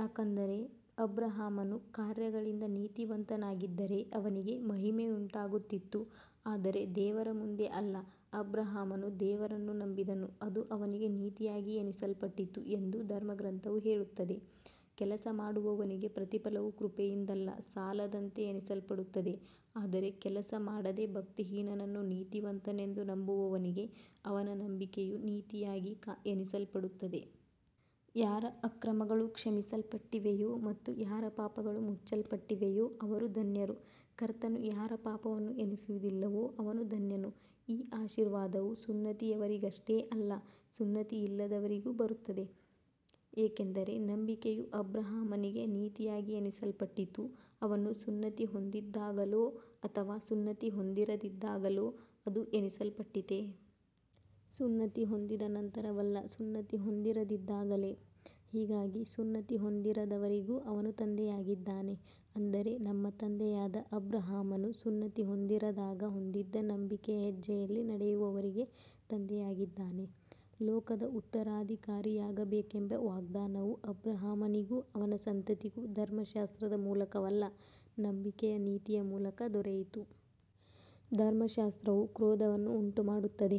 ಯಾಕಂದರೆ ಅಬ್ರಹಾಮನು ಕಾರ್ಯಗಳಿಂದ ನೀತಿವಂತನಾಗಿದ್ದರೆ ಅವನಿಗೆ ಮಹಿಮೆಯುಂಟಾಗುತ್ತಿತ್ತು, ಆದರೆ ದೇವರ ಮುಂದೆ ಅಲ್ಲ. ಅಬ್ರಹಾಮನು ದೇವರನ್ನು ನಂಬಿದನು, ಅದು ಅವನಿಗೆ ನೀತಿಯಾಗಿ ಎಣಿಸಲ್ಪಟ್ಟಿತು ಎಂದು ಧರ್ಮಗ್ರಂಥವು ಹೇಳುತ್ತದೆ. ಕೆಲಸ ಮಾಡುವವನಿಗೆ ಪ್ರತಿಫಲವು ಕೃಪೆಯಿಂದಲ್ಲ, ಸಾಲದಂತೆ ಎಣಿಸಲ್ಪಡುತ್ತದೆ. ಆದರೆ ಕೆಲಸ ಮಾಡದೆ, ಭಕ್ತಿಹೀನನನ್ನು ನೀತಿವಂತನೆಂದು ನಂಬುವವನಿಗೆ ಅವನ ನಂಬಿಕೆಯು ನೀತಿಯಾಗಿ ಎಣಿಸಲ್ಪಡುತ್ತದೆ. ಯಾರ ಅಕ್ರಮಗಳು ಕ್ಷಮಿಸಲ್ಪಟ್ಟಿವೆಯೋ ಮತ್ತು ಯಾರ ಪಾಪಗಳು ಮುಚ್ಚಲ್ಪಟ್ಟಿವೆಯೋ ಅವರು ಧನ್ಯರು. ಕರ್ತನು ಯಾರ ಪಾಪವನ್ನು ಎಣಿಸುವುದಿಲ್ಲವೋ ಅವನು ಧನ್ಯನು. ಈ ಆಶೀರ್ವಾದವು ಸುನ್ನತಿಯವರಿಗಷ್ಟೇ ಅಲ್ಲ, ಸುನ್ನತಿಯಿಲ್ಲದವರಿಗೂ ಬರುತ್ತದೆ, ಏಕೆಂದರೆ ನಂಬಿಕೆಯು ಅಬ್ರಹಾಮನಿಗೆ ನೀತಿಯಾಗಿ ಎಣಿಸಲ್ಪಟ್ಟಿತು. ಅವನು ಸುನ್ನತಿ ಹೊಂದಿದ್ದಾಗಲೋ ಅಥವಾ ಸುನ್ನತಿ ಹೊಂದಿರದಿದ್ದಾಗಲೋ ಅದು ಎಣಿಸಲ್ಪಟ್ಟಿತೇ. ಸುನ್ನತಿ ಹೊಂದಿದ ನಂತರವಲ್ಲ, ಸುನ್ನತಿ ಹೊಂದಿರದಿದ್ದಾಗಲೇ. ಹೀಗಾಗಿ ಸುನ್ನತಿ ಹೊಂದಿರದವರಿಗೂ ಅವನು ತಂದೆಯಾಗಿದ್ದಾನೆ, ಅಂದರೆ ನಮ್ಮ ತಂದೆಯಾದ ಅಬ್ರಹಾಮನು ಸುನ್ನತಿ ಹೊಂದಿರದಾಗ ಹೊಂದಿದ್ದ ನಂಬಿಕೆಯ ಹೆಜ್ಜೆಯಲ್ಲಿ ನಡೆಯುವವರಿಗೆ ತಂದೆಯಾಗಿದ್ದಾನೆ. ಲೋಕದ ಉತ್ತರಾಧಿಕಾರಿಯಾಗಬೇಕೆಂಬ ವಾಗ್ದಾನವು ಅಬ್ರಹಾಮನಿಗೂ ಅವನ ಸಂತತಿಗೂ ಧರ್ಮಶಾಸ್ತ್ರದ ಮೂಲಕವಲ್ಲ, ನಂಬಿಕೆಯ ನೀತಿಯ ಮೂಲಕ ದೊರೆಯಿತು. ಧರ್ಮಶಾಸ್ತ್ರವು ಕ್ರೋಧವನ್ನು ಉಂಟುಮಾಡುತ್ತದೆ,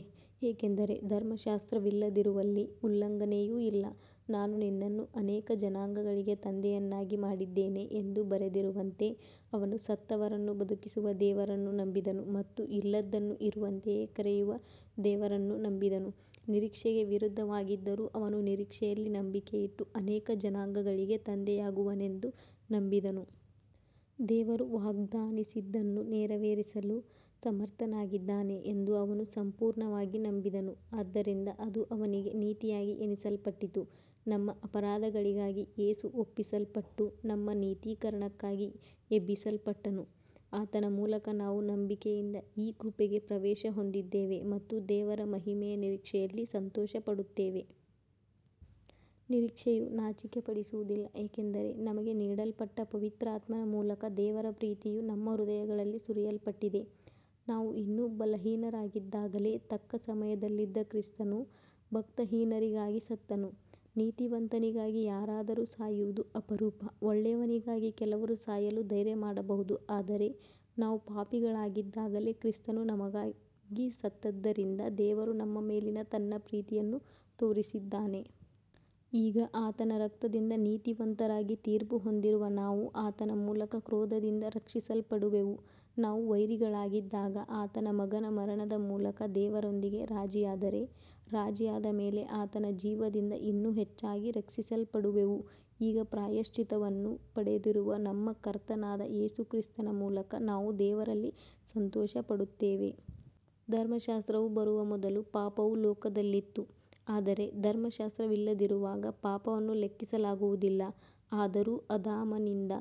ಏಕೆಂದರೆ ಧರ್ಮಶಾಸ್ತ್ರವಿಲ್ಲದಿರುವಲ್ಲಿ ಉಲ್ಲಂಘನೆಯೂ ಇಲ್ಲ. ನಾನು ನಿನ್ನನ್ನು ಅನೇಕ ಜನಾಂಗಗಳಿಗೆ ತಂದೆಯನ್ನಾಗಿ ಮಾಡಿದ್ದೇನೆ ಎಂದು ಬರೆದಿರುವಂತೆ, ಅವನು ಸತ್ತವರನ್ನು ಬದುಕಿಸುವ ದೇವರನ್ನು ನಂಬಿದನು ಮತ್ತು ಇಲ್ಲದ್ದನ್ನು ಇರುವಂತೆಯೇ ಕರೆಯುವ ದೇವರನ್ನು ನಂಬಿದನು. ನಿರೀಕ್ಷೆಗೆ ವಿರುದ್ಧವಾಗಿದ್ದರೂ, ಅವನು ನಿರೀಕ್ಷೆಯಲ್ಲಿ ನಂಬಿಕೆಯಿಟ್ಟು ಅನೇಕ ಜನಾಂಗಗಳಿಗೆ ತಂದೆಯಾಗುವನೆಂದು ನಂಬಿದನು. ದೇವರು ವಾಗ್ದಾನಿಸಿದ್ದನ್ನು ನೆರವೇರಿಸಲು ಸಮರ್ಥನಾಗಿದ್ದಾನೆ ಎಂದು ಅವನು ಸಂಪೂರ್ಣವಾಗಿ ನಂಬಿದನು. ಆದ್ದರಿಂದ ಅದು ಅವನಿಗೆ ನೀತಿಯಾಗಿ ಎಣಿಸಲ್ಪಟ್ಟಿತು. ನಮ್ಮ ಅಪರಾಧಗಳಿಗಾಗಿ ಯೇಸು ಒಪ್ಪಿಸಲ್ಪಟ್ಟು, ನಮ್ಮ ನೀತೀಕರಣಕ್ಕಾಗಿ ಎಬ್ಬಿಸಲ್ಪಟ್ಟನು. ಆತನ ಮೂಲಕ ನಾವು ನಂಬಿಕೆಯಿಂದ ಈ ಕೃಪೆಗೆ ಪ್ರವೇಶ ಹೊಂದಿದ್ದೇವೆ ಮತ್ತು ದೇವರ ಮಹಿಮೆಯ ನಿರೀಕ್ಷೆಯಲ್ಲಿ ಸಂತೋಷಪಡುತ್ತೇವೆ. ನಿರೀಕ್ಷೆಯು ನಾಚಿಕೆಪಡಿಸುವುದಿಲ್ಲ, ಏಕೆಂದರೆ ನಮಗೆ ನೀಡಲ್ಪಟ್ಟ ಪವಿತ್ರಾತ್ಮನ ಮೂಲಕ ದೇವರ ಪ್ರೀತಿಯು ನಮ್ಮ ಹೃದಯಗಳಲ್ಲಿ ಸುರಿಯಲ್ಪಟ್ಟಿದೆ. ನಾವು ಇನ್ನೂ ಬಲಹೀನರಾಗಿದ್ದಾಗಲೇ, ತಕ್ಕ ಸಮಯದಲ್ಲಿ ಕ್ರಿಸ್ತನು ಭಕ್ತಿಹೀನರಿಗಾಗಿ ಸತ್ತನು. ನೀತಿವಂತನಿಗಾಗಿ ಯಾರಾದರೂ ಸಾಯುವುದು ಅಪರೂಪ, ಒಳ್ಳೆಯವನಿಗಾಗಿ ಕೆಲವರು ಸಾಯಲು ಧೈರ್ಯಮಾಡಬಹುದು. ಆದರೆ ನಾವು ಪಾಪಿಗಳಾಗಿದ್ದಾಗಲೇ ಕ್ರಿಸ್ತನು ನಮಗಾಗಿ ಸತ್ತದ್ದರಿಂದ ದೇವರು ನಮ್ಮ ಮೇಲಿನ ತನ್ನ ಪ್ರೀತಿಯನ್ನು ತೋರಿಸಿದ್ದಾನೆ. ಈಗ ಆತನ ರಕ್ತದಿಂದ ನೀತಿವಂತರಾಗಿ ತೀರ್ಪು ಹೊಂದಿರುವ ನಾವು ಆತನ ಮೂಲಕ ಕ್ರೋಧದಿಂದ ರಕ್ಷಿಸಲ್ಪಡುವೆವು. ನಾವು ವೈರಿಗಳಾಗಿದ್ದಾಗ ಆತನ ಮಗನ ಮರಣದ ಮೂಲಕ ದೇವರೊಂದಿಗೆ ರಾಜಿಯಾದರೆ, ರಾಜಿಯಾದ ಮೇಲೆ ಆತನ ಜೀವದಿಂದ ಇನ್ನೂ ಹೆಚ್ಚಾಗಿ ರಕ್ಷಿಸಲ್ಪಡುವೆವು. ಈಗ ಪ್ರಾಯಶ್ಚಿತ್ತವನ್ನು ಪಡೆದಿರುವ ನಮ್ಮ ಕರ್ತನಾದ ಯೇಸು ಕ್ರಿಸ್ತನ ಮೂಲಕ ನಾವು ದೇವರಲ್ಲಿ ಸಂತೋಷಪಡುತ್ತೇವೆ. ಧರ್ಮಶಾಸ್ತ್ರವು ಬರುವ ಮೊದಲು ಪಾಪವು ಲೋಕದಲ್ಲಿತ್ತು, ಆದರೆ ಧರ್ಮಶಾಸ್ತ್ರವಿಲ್ಲದಿರುವಾಗ ಪಾಪವನ್ನು ಲೆಕ್ಕಿಸಲಾಗುವುದಿಲ್ಲ. ಆದರೂ ಆದಾಮನಿಂದ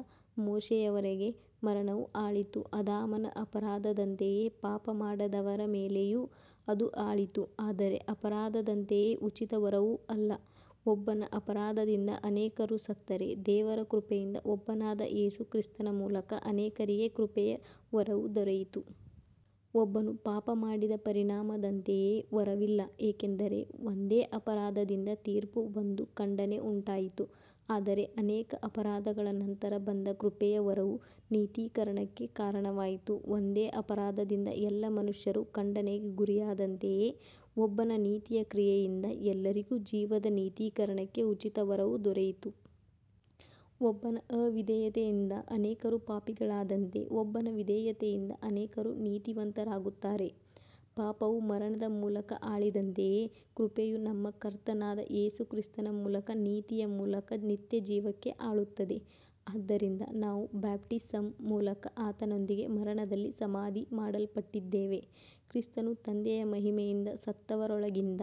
ಮೋಶೆಯವರೆಗೆ ಮರಣವು ಆಳಿತು, ಆದಾಮನ ಅಪರಾಧದಂತೆಯೇ ಪಾಪಮಾಡದವರ ಮೇಲೆಯೂ ಅದು ಆಳಿತು. ಆದರೆ ಅಪರಾಧದಂತೆಯೇ ಉಚಿತ ವರವೂ ಅಲ್ಲ. ಒಬ್ಬನ ಅಪರಾಧದಿಂದ ಅನೇಕರು ಸತ್ತರೆ, ದೇವರ ಕೃಪೆಯಿಂದ ಒಬ್ಬನಾದ ಯೇಸು ಕ್ರಿಸ್ತನ ಮೂಲಕ ಅನೇಕರಿಗೆ ಕೃಪೆಯ ವರವು ದೊರೆಯಿತು. ಒಬ್ಬನು ಪಾಪಮಾಡಿದ ಪರಿಣಾಮದಂತೆಯೇ ವರವಿಲ್ಲ, ಏಕೆಂದರೆ ಒಂದೇ ಅಪರಾಧದಿಂದ ತೀರ್ಪು ಬಂದು ಖಂಡನೆ ಉಂಟಾಯಿತು, ಆದರೆ ಅನೇಕ ಅಪರಾಧಗಳ ನಂತರ ಬಂದ ಕೃಪೆಯ ವರವು ನೀತೀಕರಣಕ್ಕೆ ಕಾರಣವಾಯಿತು. ಒಂದೇ ಅಪರಾಧದಿಂದ ಎಲ್ಲ ಮನುಷ್ಯರು ಖಂಡನೆಗೆ ಗುರಿಯಾದಂತೆಯೇ, ಒಬ್ಬನ ನೀತಿಯ ಕ್ರಿಯೆಯಿಂದ ಎಲ್ಲರಿಗೂ ಜೀವದ ನೀತೀಕರಣಕ್ಕೆ ಉಚಿತ ವರವು ದೊರೆಯಿತು. ಒಬ್ಬನ ಅವಿಧೇಯತೆಯಿಂದ ಅನೇಕರು ಪಾಪಿಗಳಾದಂತೆ, ಒಬ್ಬನ ವಿಧೇಯತೆಯಿಂದ ಅನೇಕರು ನೀತಿವಂತರಾಗುತ್ತಾರೆ. ಪಾಪವು ಮರಣದ ಮೂಲಕ ಆಳಿದಂತೆಯೇ, ಕೃಪೆಯು ನಮ್ಮ ಕರ್ತನಾದ ಯೇಸು ಕ್ರಿಸ್ತನ ಮೂಲಕ ನೀತಿಯ ಮೂಲಕ ನಿತ್ಯಜೀವಕ್ಕೆ ಆಳುತ್ತದೆ. ಆದ್ದರಿಂದ ನಾವು ಬ್ಯಾಪ್ಟಿಸಮ್ ಮೂಲಕ ಆತನೊಂದಿಗೆ ಮರಣದಲ್ಲಿ ಸಮಾಧಿ ಮಾಡಲ್ಪಟ್ಟಿದ್ದೇವೆ, ಕ್ರಿಸ್ತನು ತಂದೆಯ ಮಹಿಮೆಯಿಂದ ಸತ್ತವರೊಳಗಿಂದ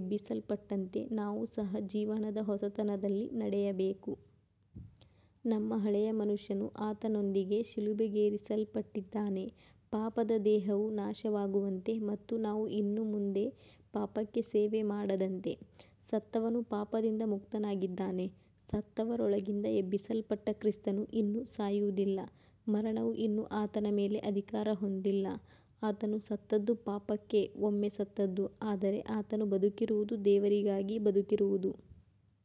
ಎಬ್ಬಿಸಲ್ಪಟ್ಟಂತೆ ನಾವು ಸಹ ಜೀವನದ ಹೊಸತನದಲ್ಲಿ ನಡೆಯಬೇಕು. ನಮ್ಮ ಹಳೆಯ ಮನುಷ್ಯನು ಆತನೊಂದಿಗೆ ಶಿಲುಬೆಗೇರಿಸಲ್ಪಟ್ಟಿದ್ದಾನೆ, ಪಾಪದ ದೇಹವು ನಾಶವಾಗುವಂತೆ ಮತ್ತು ನಾವು ಇನ್ನು ಮುಂದೆ ಪಾಪಕ್ಕೆ ಸೇವೆ ಮಾಡದಂತೆ. ಸತ್ತವನು ಪಾಪದಿಂದ ಮುಕ್ತನಾಗಿದ್ದಾನೆ. ಸತ್ತವರೊಳಗಿಂದ ಎಬ್ಬಿಸಲ್ಪಟ್ಟ ಕ್ರಿಸ್ತನು ಇನ್ನು ಸಾಯುವುದಿಲ್ಲ, ಮರಣವು ಇನ್ನು ಆತನ ಮೇಲೆ ಅಧಿಕಾರ ಹೊಂದಿಲ್ಲ. ಆತನು ಸತ್ತದ್ದು ಪಾಪಕ್ಕೆ ಒಮ್ಮೆ ಸತ್ತದ್ದು, ಆದರೆ ಆತನು ಬದುಕಿರುವುದು ದೇವರಿಗಾಗಿ ಬದುಕಿರುವುದು.